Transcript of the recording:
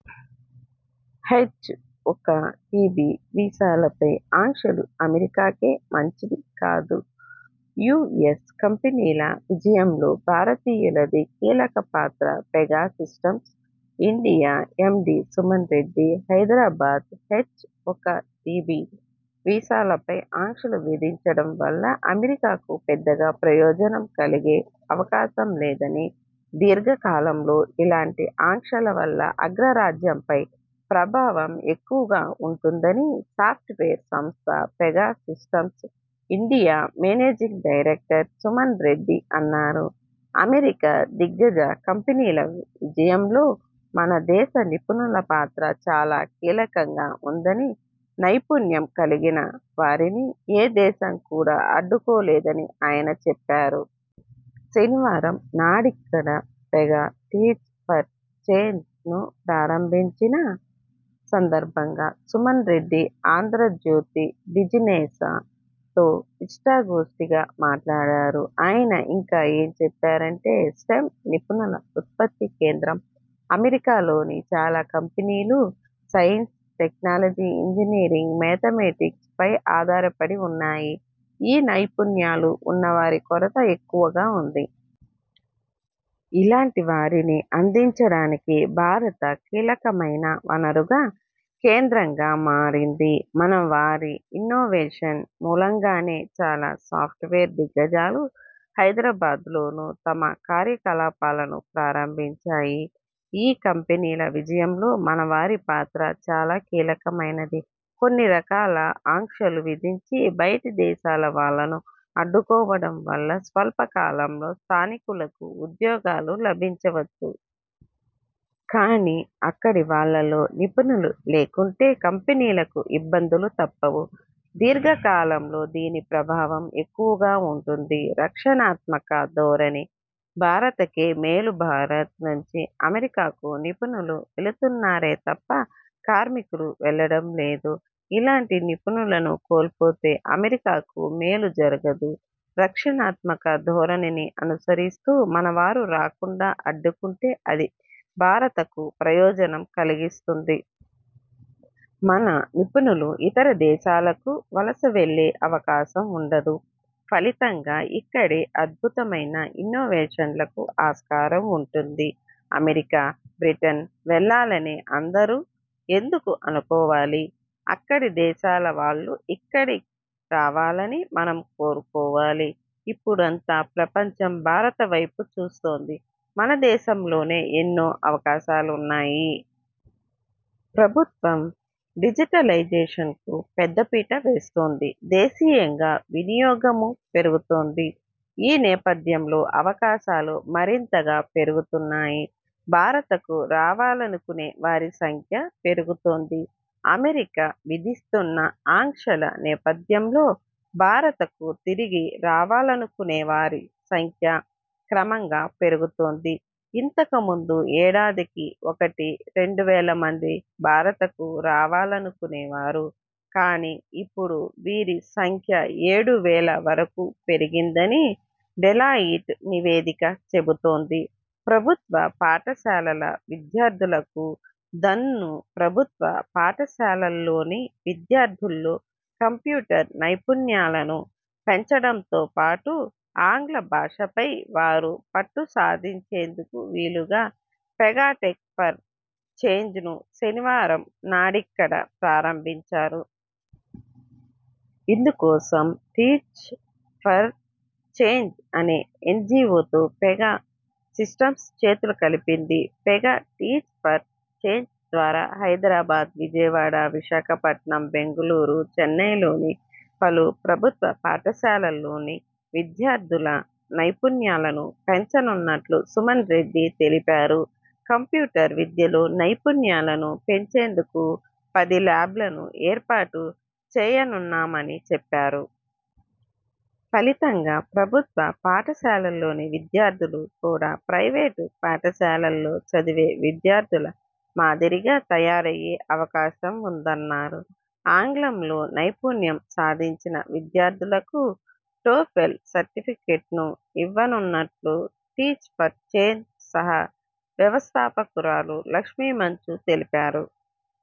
హెచ్ఒకటిబి వీసాలపై ఆంక్షలు అమెరికాకే మంచిది కాదుయుఎస్ కంపెనీల విజయంలో భారతీయులది కీలక పాత్రపెగా Systems India MD Suman Reddy Hyderabad హెచ్ఒకటిబి వీసాలపై ఆంక్షలు విధించడం వల్ల అమెరికాకు పెద్దగా ప్రయోజనం కలిగే అవకాశం లేదని, దీర్ఘకాలంలో ఇలాంటి ఆంక్షల వల్ల అగ్రరాజ్యంపై ప్రభావం ఎక్కువగా ఉంటుందని సాఫ్ట్వేర్ సంస్థ Pega Systems India managing director Suman Reddy అన్నారు అమెరికా దిగ్గజ కంపెనీల విజయంలో మన దేశ నిపుణుల పాత్ర చాలా కీలకంగా ఉందని, నైపుణ్యం కలిగిన వారిని ఏ దేశం కూడా అడ్డుకోలేదని ఆయన చెప్పారు. శనివారంనాడిక్కడ 'పెగా టీచ్ ఫర్ చేంజ్'ను ప్రారంభించిన సందర్భంగా సుమన్ రెడ్డి 'ఆంధ్రజ్యోతి బిజినె్స'తో ఇష్టాగోష్ఠిగా మాట్లాడారు. ఆయన ఇంకా ఏం చెప్పారంటే.. స్టెమ్ నిపుణుల ఉత్పత్తి కేంద్రంఅమెరికాలోని చాలా కంపెనీలు సైన్స్, టెక్నాలజీ, ఇంజనీరింగ్, మేథమెటిక్స్ పై ఆధారపడి ఉన్నాయి. ఈ నైపుణ్యాలు ఉన్న వారి కొరత ఎక్కువగా ఉంది. ఇలాంటి వారిని అందించడానికి భారత కీలకమైన వనరుగా, కేంద్రంగా మారింది. మన వారి ఇన్నోవేషన్ మూలంగానే చాలా సాఫ్ట్వేర్ దిగ్గజాలు హైదరాబాద్లోనూ తమ కార్యకలాపాలను ప్రారంభించాయి. ఈ కంపెనీల విజయంలో మన వారి పాత్ర చాలా కీలకమైనది. కొన్ని రకాల ఆంక్షలు విధించి బయటి దేశాల వాళ్లను అడ్డుకోవడం వల్ల స్వల్పకాలంలో స్థానికులకు ఉద్యోగాలు లభించవచ్చు. కానీ అక్కడి వాళ్లలో నిపుణులు లేకుంటే కంపెనీలకు ఇబ్బందులు తప్పవు. దీర్ఘకాలంలో దీని ప్రభావం ఎక్కువగా ఉంటుంది. రక్షణాత్మక ధోరణి భారతకే మేలుభారత్ నుంచి అమెరికాకు నిపుణులు వెళుతున్నారే తప్ప కార్మికులు వెల్లడం లేదు. ఇలాంటి నిపుణులను కోల్పోతే అమెరికాకు మేలు జరగదు. రక్షణాత్మక ధోరణిని అనుసరిస్తూ మన వారు రాకుండా అడ్డుకుంటే అది భారతకు ప్రయోజనం కలిగిస్తుంది. మన నిపుణులు ఇతర దేశాలకు వలస వెళ్లే అవకాశం ఉండదు. ఫలితంగా ఇక్కడే అద్భుతమైన ఇన్నోవేషన్లకు ఆస్కారం ఉంటుంది. అమెరికా, బ్రిటన్ వెళ్లాలనే అందరూ ఎందుకు అనుకోవాలి. అక్కడి దేశాల వాళ్లు ఇక్కడి రావాలని మనం కోరుకోవాలి. ఇప్పుడంతా ప్రపంచం భారత వైపు చూస్తోంది. మన దేశంలోనే ఎన్నో అవకాశాలున్నాయి. ప్రభుత్వం డిజిటలైజేషన్కు పెద్దపీట వేస్తోంది. దేశీయంగా వినియోగమూ పెరుగుతోంది. ఈ నేపథ్యంలో అవకాశాలు మరింతగా పెరుగుతున్నాయి. భారతకు రావాలనుకునే వారి సంఖ్య పెరుగుతోంది. అమెరికా విధిస్తున్న ఆంక్షల నేపథ్యంలో భారతకు తిరిగి రావాలనుకునే వారి సంఖ్య క్రమంగా పెరుగుతోంది. ఇంతకు ముందు ఏడాదికి ఒకటి-రెండు వేల మంది భారతకు రావాలనుకునే వారు కానీ ఇప్పుడు వీరి సంఖ్య ఏడు వేల వరకు పెరిగిందని డెలాయిట్ నివేదిక చెబుతోంది ప్రభుత్వ పాఠశాలల విద్యార్థులకు దన్నుప్రభుత్వ పాఠశాలల్లోని విద్యార్థుల్లో కంప్యూటర్ నైపుణ్యాలను పెంచడంతోపాటు ఆంగ్ల భాషపై వారు పట్టుసాధించేందుకు వీలుగా పెగా టెక్ ఫర్ చేంజ్ను శనివారంనాడిక్కడ ప్రారంభించారు. ఇందుకోసం టీచ్ ఫర్ చేంజ్ అనే ఎన్జిఒతో పెగా సిస్టమ్స్ చేతులు కలిపింది. Pega teach for Change Hyderabad హైదరాబాద్, విజయవాడ, విశాఖపట్నం, బెంగళూరు, చెన్నైలోని పలు ప్రభుత్వ పాఠశాలల్లోని విద్యార్థుల నైపుణ్యాలను పెంచనున్నట్టు సుమన్ రెడ్డి తెలిపారు. కంప్యూటర్ విద్యలో నైపుణ్యాలను పెంచేందుకు పది లాబ్లను ఏర్పాటు చేయనున్నామని చెప్పా రు. ఫలితంగా ప్రభుత్వ పాఠశాలల్లోని విద్యార్థులు కూడా ప్రైవేటు పాఠశాలల్లో చదివే విద్యార్థుల మాదిరిగా తయారయ్యే అవకాశం ఉందన్నారు. ఆంగ్లంలో నైపుణ్యం సాధించిన విద్యార్థులకు టోఫెల్ సర్టిఫికెట్ను ఇవ్వనున్నట్టు టీచ్ ఫర్ చేంజ్ సహ వ్యవస్థాపకురాలు లక్ష్మీ మంచు తెలిపారు.